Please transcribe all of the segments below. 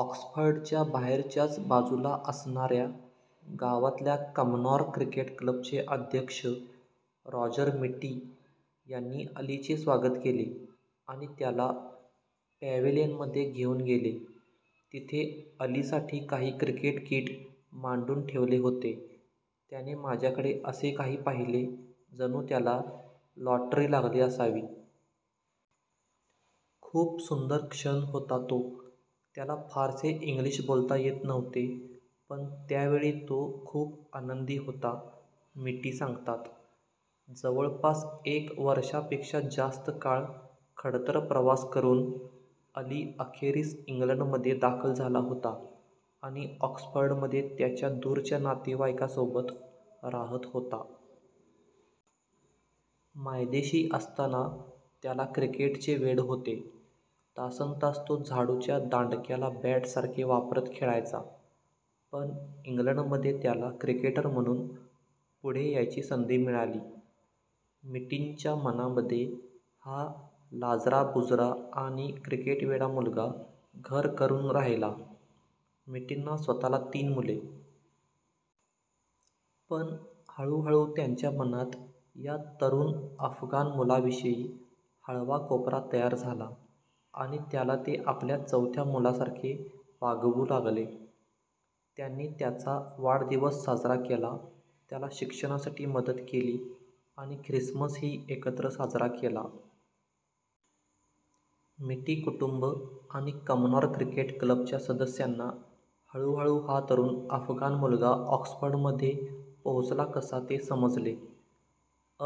ऑक्सफर्डच्या बाहेरच्याच बाजूला असणाऱ्या गावातल्या कमनॉर क्रिकेट क्लबचे अध्यक्ष रॉजर मिटी यांनी अलीचे स्वागत केले आणि त्याला पॅव्हेलियनमध्ये घेऊन गेले. तिथे अलीसाठी काही क्रिकेट किट मांडून ठेवले होते. त्याने माझ्याकडे असे काही पाहिले जणू त्याला लॉटरी लागली असावी. खूप सुंदर क्षण होता तो. त्याला फारसे इंग्लिश बोलता येत नव्हते, पण त्यावेळी तो खूप आनंदी होता, मिटी सांगतात. जवळपास एक वर्षापेक्षा जास्त काळ खडतर प्रवास करून अली अखेरीस इंग्लंडमध्ये दाखल झाला होता आणि ऑक्सफर्डमध्ये त्याच्या दूरच्या नातेवाईकासोबत राहत होता. मायदेशी असताना त्याला क्रिकेटचे वेड होते. तासनतास तो झाडूच्या दांडक्याला बॅटसारखे वापरत खेळायचा. पण इंग्लंडमध्ये त्याला क्रिकेटर म्हणून पुढे यायची संधी मिळाली. मिटींच्या मनामध्ये हा लाजराबुजरा आणि 'क्रिकेटवेडा' मुलगा घर करून राहिला. मिटींना स्वतःला तीन मुले. पण हळूहळू त्यांच्या मनात या तरुण अफगाण मुलाविषयी हळवा कोपरा तयार झाला आणि त्याला ते आपल्या चौथ्या मुलासारखे वागवू लागले. त्यांनी त्याचा वाढदिवस साजरा केला, त्याला शिक्षणासाठी मदत केली आणि ख्रिसमसही एकत्र साजरा केला. मिटी कुटुंब आणि कमनॉर क्रिकेट क्लबच्या सदस्यांना हळूहळू हा तरुण अफगाण मुलगा ऑक्सफर्डमध्ये पोहोचला कसा, ते समजले.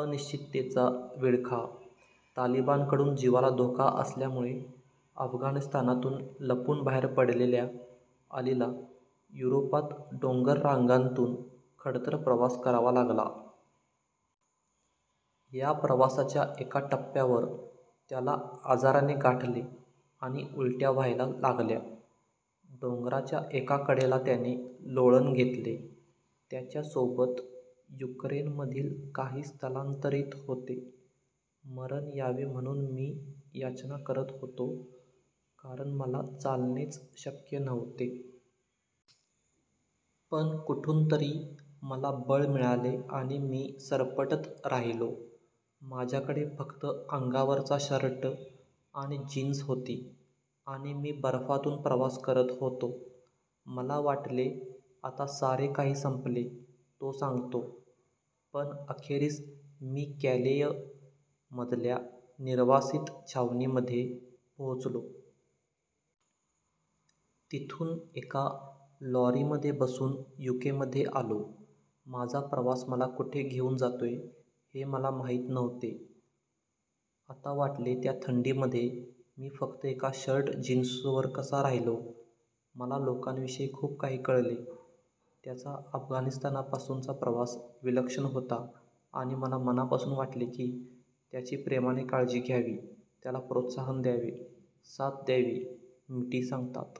अनिश्चिततेचा विळखा - तालिबानकडून जीवाला धोका असल्यामुळे अफगाणिस्तानातून लपून बाहेर पडलेल्या अलीला युरोपात डोंगररांगांतून खडतर प्रवास करावा लागला. या प्रवासाच्या एका टप्प्यावर त्याला आजाराने गाठले आणि उलट्या व्हायला लागल्या. डोंगराच्या एका कडेला त्याने लोळण घेतले. त्याच्या सोबत युक्रेनमधील काही स्थलांतरित होते. मरण यावे म्हणून मी याचना करत होतो, कारण मला चालणेच शक्य नव्हते. पण कुठूनतरी मला बळ मिळाले आणि मी सरपटत राहिलो. माझ्याकडे फक्त अंगावरचा शर्ट आणि जीन्स होती आणि मी बर्फातून प्रवास करत होतो. मला वाटले आता सारे काही संपले, तो सांगतो. पण अखेरीस मी कॅलेय मधल्या निर्वासित छावणीमध्ये पोहोचलो. तिथून एका लॉरीमध्ये बसून युकेमध्ये आलो. माझा प्रवास मला कुठे घेऊन जातोय हे मला माहित नव्हते. आता वाटते त्या थंडीमध्ये मी फक्त एका शर्ट-जीन्सवर कसा राहिलो? मला लोकांविषयी खूप काही कळले. त्याचा अफगाणिस्तानपासूनचा प्रवास विलक्षण होता आणि मला मनापासून वाटले की त्याची प्रेमाने काळजी घ्यावी, त्याला प्रोत्साहन द्यावे, साथ द्यावी, मिटी सांगतात.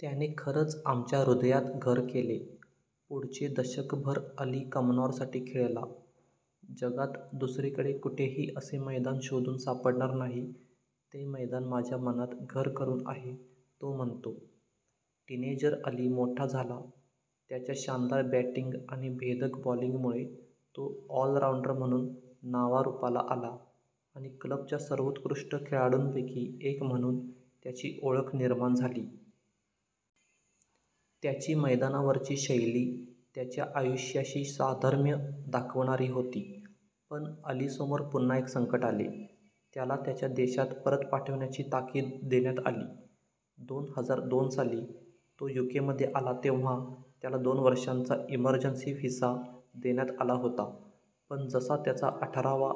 त्याने खरंच आमच्या हृदयात घर केले. पुढचे दशकभर अली कमनॉरसाठी खेळला. जगात दुसरीकडे कुठेही असे मैदान शोधून सापडणार नाही, ते मैदान माझ्या मनात घर करून आहे, तो म्हणतो. टीनेजर अली मोठा झाला. त्याच्या शानदार बॅटिंग आणि भेदक बॉलिंगमुळे तो ऑलराऊंडर म्हणून नावारूपाला आला आणि क्लबच्या सर्वोत्कृष्ट खेळाडूंपैकी एक म्हणून त्याची ओळख निर्माण झाली. त्याची मैदानावरची शैली त्याच्या आयुष्याशी साधर्म्य दाखवणारी होती. पण अलीसमोर पुन्हा एक संकट आले. त्याला त्याच्या देशात परत पाठवण्याची ताकीद देण्यात आली. दोन हजार दोन साली तो युकेमध्ये आला तेव्हा त्याला दोन वर्षांचा इमर्जन्सी व्हिसा देण्यात आला होता. पण जसा त्याचा अठरावा